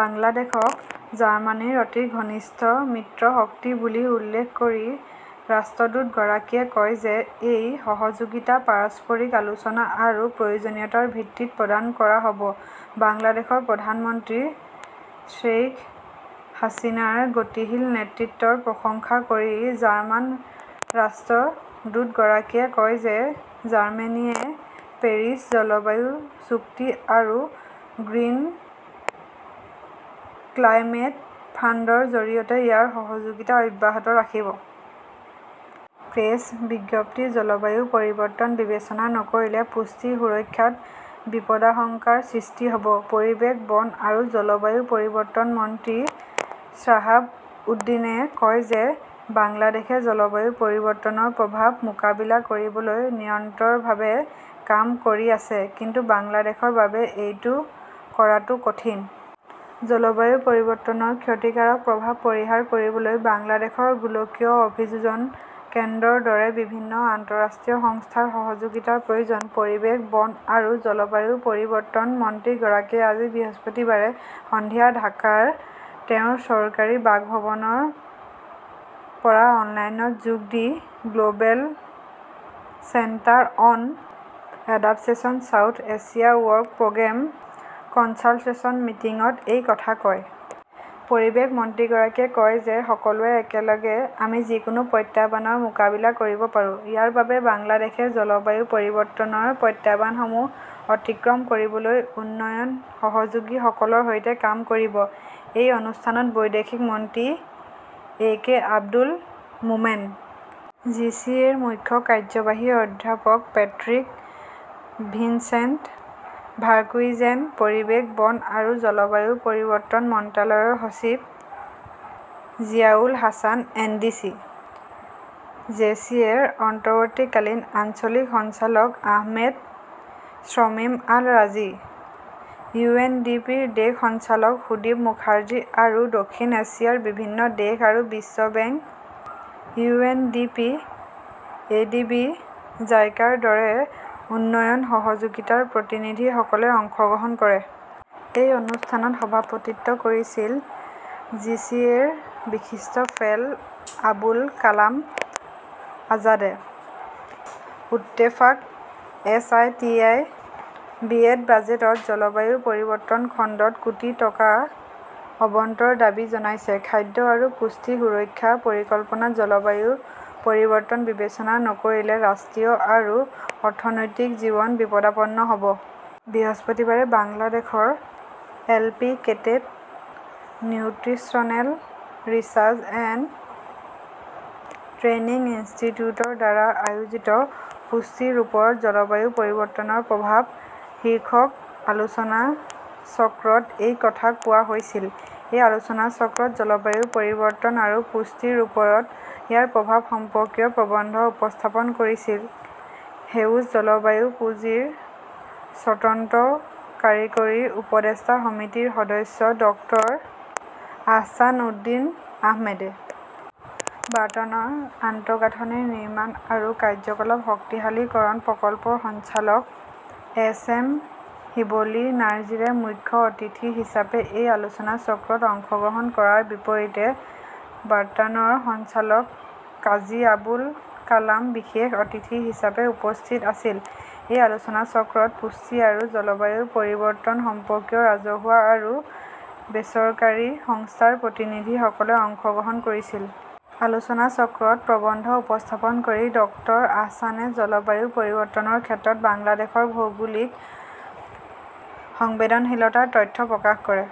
বাংলাদেশক জাৰ্মানীৰ অতি ঘনিষ্ঠ মিত্ৰশক্তি বুলি উল্লেখ কৰি ৰাষ্ট্ৰদূতগৰাকীয়ে কয় যে, এই সহযোগিতা পাৰস্পৰিক আলোচনা আৰু প্ৰয়োজনীয়তাৰ ভিত্তিত প্ৰদান কৰা হ'ব। বাংলাদেশৰ প্ৰধানমন্ত্ৰী শ্বেইখ হাছিনাৰ গতিশীল নেতৃত্বৰ প্ৰশংসা কৰি জাৰ্মান ৰাষ্ট্ৰদূতগৰাকীয়ে কয় যে, জাৰ্মানীয়ে পেৰিছ জলবায়ু চুক্তি আৰু গ্ৰীণ ক্লাইমেট ফাণ্ডৰ জৰিয়তে ইয়াৰ সহযোগিতা অব্যাহত ৰাখিব। প্ৰেছ বিজ্ঞপ্তি জলবায়ু পৰিৱৰ্তন বিবেচনা নকৰিলে পুষ্টি সুৰক্ষাত বিপদাশংকাৰ সৃষ্টি হ'ব। পৰিৱেশ, বন আৰু জলবায়ু পৰিৱৰ্তন মন্ত্ৰী শ্বাহাব উদ্দিনে কয় যে, বাংলাদেশে জলবায়ু পৰিৱৰ্তনৰ প্ৰভাৱ মোকাবিলা কৰিবলৈ নিৰন্তৰভাৱে কাম কৰি আছে। কিন্তু বাংলাদেশৰ বাবে এইটো কৰাটো কঠিন। জলবায়ু পৰিৱৰ্তনৰ ক্ষতিকাৰক প্ৰভাৱ পৰিহাৰ কৰিবলৈ বাংলাদেশৰ গোলকীয় অভিযোজন কেন্দ্ৰৰ দৰে বিভিন্ন আন্তঃৰাষ্ট্ৰীয় সংস্থাৰ সহযোগিতাৰ প্ৰয়োজন। পৰিৱেশ, বন আৰু জলবায়ু পৰিৱৰ্তন মন্ত্ৰীগৰাকীয়ে আজি বৃহস্পতিবাৰে সন্ধিয়া ঢাকাৰ তেওঁৰ চৰকাৰী বাসভৱনৰ পৰা অনলাইনত যোগ দি "Global Center on Adaptation South Asia work programme consultation মিটিং"ত এই কথা কয়। পৰিৱেশ মন্ত্ৰীগৰাকীয়ে কয় যে, সকলোৱে একেলগে আমি যিকোনো প্ৰত্যাহ্বানৰ মোকাবিলা কৰিব পাৰোঁ। ইয়াৰ বাবে বাংলাদেশে জলবায়ু পৰিৱৰ্তনৰ প্ৰত্যাহ্বানসমূহ অতিক্ৰম কৰিবলৈ উন্নয়ন সহযোগীসকলৰ সৈতে কাম কৰিব। এই অনুষ্ঠানত বৈদেশিক মন্ত্ৰী A K Abdul Momen, G C এৰ মুখ্য কাৰ্যবাহী অধ্যাপক পেট্ৰিক ভিনচেণ্ট ভাৰ্কুইজেন, পৰিৱেশ, বন আৰু জলবায়ু পৰিৱৰ্তন মন্ত্ৰালয়ৰ সচিব জিয়াউল হাছান এনডিচি, জিচিএৰ অন্তৱৰ্তীকালীন আঞ্চলিক সঞ্চালক আহমেদ শ্বামিম আল ৰাজী, ইউএনডিপিৰ দেশ সঞ্চালক সুদীপ মুখাৰ্জী আৰু দক্ষিণ এছিয়াৰ বিভিন্ন দেশ আৰু বিশ্ব bank, U N D P, A D B, জাইকাৰ দৰে উন্নয়ন সহযোগীৰ প্ৰতিনিধিসকলে অংশগ্ৰহণ কৰে। এই অনুষ্ঠানত সভাপতিত্ব কৰিছিল জি চি এৰ বিশিষ্ট ফেল' আবুল কালাম আজাদে। ইত্তেফাক/এছ আই টি আই বিয়েত বাজেটত জলবায়ু পৰিৱৰ্তন খণ্ডত কোটি টকা আবণ্টনৰ দাবী জনাইছে। খাদ্য আৰু পুষ্টি সুৰক্ষা পৰিকল্পনাত জলবায়ু পৰিৱৰ্তন বিবেচনা নকৰিলে ৰাষ্ট্ৰীয় আৰু অৰ্থনৈতিক জীৱন বিপদাপন্ন হ'ব। বৃহস্পতিবাৰে বাংলাদেশৰ applicated nutritional research and training ইনষ্টিটিউটৰ দ্বাৰা আয়োজিত "পুষ্টিৰ ওপৰত জলবায়ু পৰিৱৰ্তনৰ প্ৰভাৱ" শীৰ্ষক আলোচনাচক্ৰত এই কথা কোৱা হৈছিল। এই আলোচনাচক্ৰত জলবায়ু পৰিৱৰ্তন আৰু পুষ্টিৰ ওপৰত ইয়াৰ প্ৰভাৱ সম্পৰ্কীয় প্ৰবন্ধ উপস্থাপন কৰিছিল সেউজ জলবায়ু পুঁজিৰ স্বতন্ত্ৰ কাৰিকৰী উপদেষ্টা সমিতিৰ সদস্য ডক্টৰ আহছান উদ্দীন আহমেদে। বাৰ্টানৰ আন্তঃগাঁথনি নিৰ্মাণ আৰু কাৰ্যকলাপ শক্তিশালীকৰণ প্ৰকল্পৰ সঞ্চালক এছ এম শিৱলী নাৰ্জীৰে মুখ্য অতিথি হিচাপে এই আলোচনাচক্ৰত অংশগ্ৰহণ কৰাৰ বিপৰীতে বাৰ্টানৰ সঞ্চালক কাজী আবুল কালাম বিশেষ অতিথি হিচাপে উপস্থিত আছিল। এই আলোচনাচক্ৰত পুষ্টি আৰু জলবায়ু পৰিৱৰ্তন সম্পৰ্কীয় ৰাজহুৱা আৰু বেচৰকাৰী সংস্থাৰ প্ৰতিনিধিসকলে অংশগ্ৰহণ কৰিছিল। আলোচনাচক্ৰত প্ৰবন্ধ উপস্থাপন কৰি ডক্টৰ আহছানে জলবায়ু পৰিৱৰ্তনৰ ক্ষেত্ৰত বাংলাদেশৰ ভৌগোলিক সংবেদনশীলতাৰ তথ্য প্ৰকাশ কৰে।